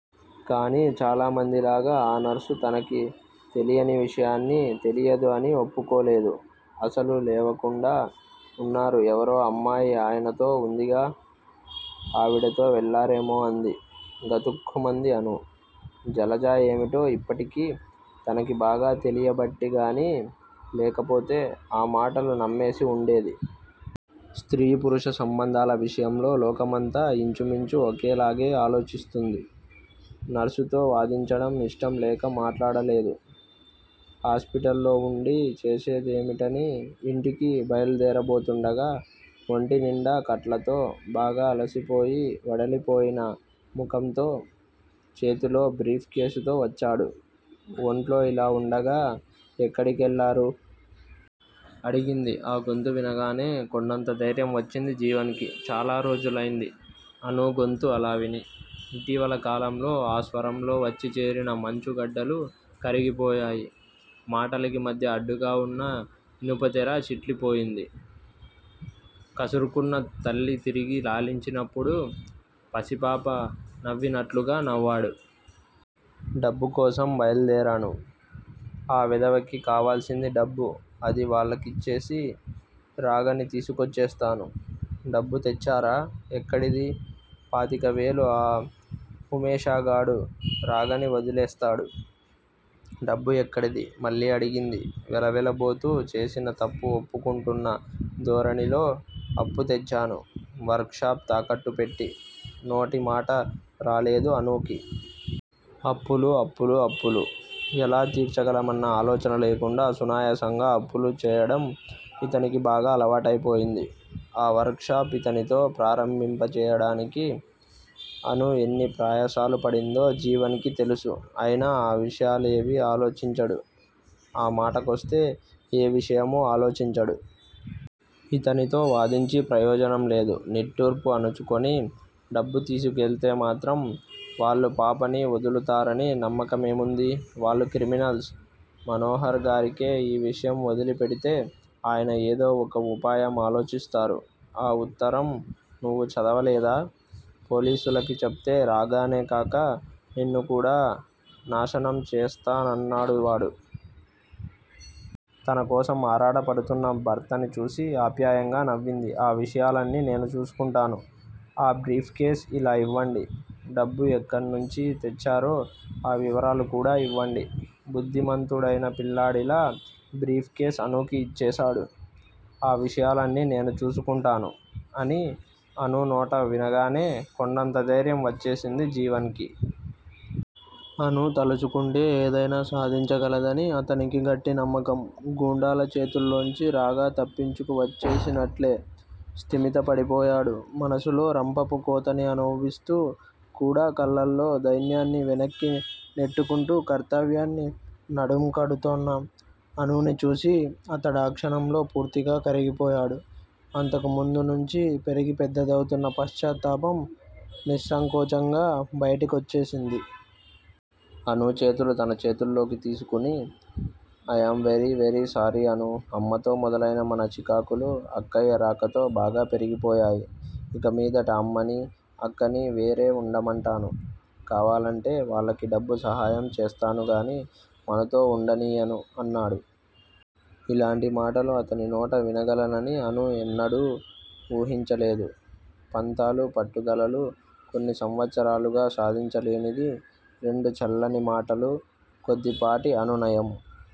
కాని చాలా మంది లాగ ఆ నర్సు తనకి తెలియని విషయాన్ని తెలియదు అని ఒప్పుకోలేదు. అస్సలు లేవకుండా వున్నారు ఎవరో అమ్మాయి ఆయనతో వుందిగా! ఆవిడతో వెళ్ళారేమో? అంది. గతుక్కుమంది అణు. జలజ ఏమిటో ఇప్పటికి తనకి బాగా తెలియబట్టి గాని, లేకపోతే ఆమాటలు నమ్మేసి ఉండేది. స్త్రీ పురుష సంబంధాల విషయంలో లోకమంతా యించుమించు ఒక్కలాగే ఆలోచిస్తుంది. నర్సుతో వాదించడం ఇష్టం లేక మాట్లాడలేదు. హాస్పిటల్ లో వుండి చేసేదేమిటని యింటికి బయలుదేరబోతుండగా ఒంటినిండా కట్లతో బాగా అలసిపోయి వడలిపోయిన ముఖంతో చేతిలో భ్రీఫ్ కేస్ తో వచ్చాడు. ఒంట్లో ఇలా వుండగా ఎక్కడికెళ్ళారు? అడిగింది. ఆ గొంతు వినగానే కొండంత దైర్యం వచ్చింది జీవన్ కి. చాలా రోజులైంది అణు గొంతు అలా విని. ఇటివల కాలంలో ఆ స్వరంలో వచ్చి చేరిన మంచుగడ్డలు కరిగిపోయాయి. మాటలకి మధ్య అడ్డుగా వున్న ఇనపతెర చిట్లిపోయింది. కసురుకున్న తల్లి తిరిగి లాలించి నప్పుడు పసిపాప నవినట్లుగా నవాడు. డబ్బు కోసం బయల్దేరాను. ఆ వెధవకి కావలసింది డబ్బు అది వాళ్ళకిచ్చేసి, రాగని తీసుకొచ్చేస్తాను. ' డబ్బు తెచ్చారా? ఎక్కడిది? పాతికవేలు ఆ హుమేషాగాడు రాగని వొదిలేస్తాడు. డబ్బు ఎక్కడిది? మళ్ళీ అడిగింది. వెలవెలబోతూ చేసిన తప్పు ఒప్పుకుంటున్న ధోరణిలో అప్పు తెచ్చాను వర్క్ షాప్ తాకట్టు పెట్టి నోటమాట రాలేదు అణుకి. అప్పులు, అప్పులు అప్పులు ఎలా తిర్చగలమన్న ఆలోచన లేకుండా సునాయాసంగా అప్పులు చేయడం ఇతనికి బాగా అలవాటైపోయింది. ఆ వర్క్ షాప్ ఇతనితో ప్రారంభింపజేయడానికి అణు ఎన్ని ప్రయాసలు పడిందో జీవన్ కి తెలుసు. అయినా ఆ విషయాలేవీ ఆలోచించడు. ఆ మాట కొస్తే ఏ విషయము ఆలోచించడు. ఇతనితో వాదించి ప్రయోజనం లేదు. నిట్టూర్పు అణచుకొని డబ్బు తీసికెళ్తే మాత్రం వాళ్ళు పాపని వొదులుతారని నమ్మకమేముంది? వాళ్ళు క్రిమినల్స్ మనోహర్ గారికే ఈ విషయం ఒదిలి పెడితే అయన ఏదో ఒక వుపాయం ఆలోచిస్తారు. ఆ ఉత్తరం నువు చదవలేదా? పోలీసులకి చెప్తే రాగనే కాక, నిన్ను కూడా నాశనం చేస్తానన్నాడువాడు. తనకోసం ఆరాటపడుతున్న భర్తని చూసి ఆప్యాయంగా నవింది. ఆ విషయాలన్నీ నేను చూసుకుంటాను. ఆ బ్రీఫ్ కేస్ ఇలా యివండి. డబ్బు ఎక్కనుంచి తెచ్చారో ఆ వివరాలు కూడా ఇవండీ. బుద్దిమంతుడైనా పిల్లాడిలా బ్రీఫ్ కేస్ అణుకి యిచ్చేసాడు. ఆ విషయాలన్నీ నేను చూసుకుంటాను అని అణు నోట వినగానే కొండంత దైర్యం వచ్చేసింది జీవన్ కి. అణు తలచుకుంటే ఏదైనా సాధించగలదని అతనికి గట్టి నమ్మకం. గుండాల చేతుల్లోంచి రాగ తప్పించుకు వచ్చేసినట్లే స్థిమిత పడిపోయాడు. మనసులో రంపపు కోతని అనుభవిస్తూ కూడా కళ్ళల్లో దైన్యాన్ని వెనక్కి నెట్టుకుంటూ కర్తవ్యాన్ని నడుం కడుతోన్న అణుని చూసి అతడాక్షణంలో పూర్తిగా కరిగిపోయాడు. అంతకు ముందు నుంచి పెరిగి పెద్దదౌతున్న పశ్చాత్తాపం నిస్సంకోచంగా బయటి కొచ్చేసింది. అణు చేతులు తన చేతుల్లోకి తీసుకుని, I am very very sorry Anu! అమ్మతో మొదలైన మన చికాకులు అక్కయ్య రాకతో బాగా పెరిగిపోయాయి. ఇక మీదట అమ్మని, అక్కని వేరే ఉండమంటాను. కావాలంటే వాళ్ళకి డబ్బు సహాయం చేస్తాను గాని మనతో ఉండనియ్యను అన్నాడు. ఇలాంటి మాటలు అతని నోట వినగలనని అణు ఎన్నడూ వుహించలేదు. పంతాలు పట్టుదలలు కొన్ని సంవత్సరాలుగా సాధించలేనిది, రెండు చల్లని మాటలు, కొద్దిపాటి అనునయం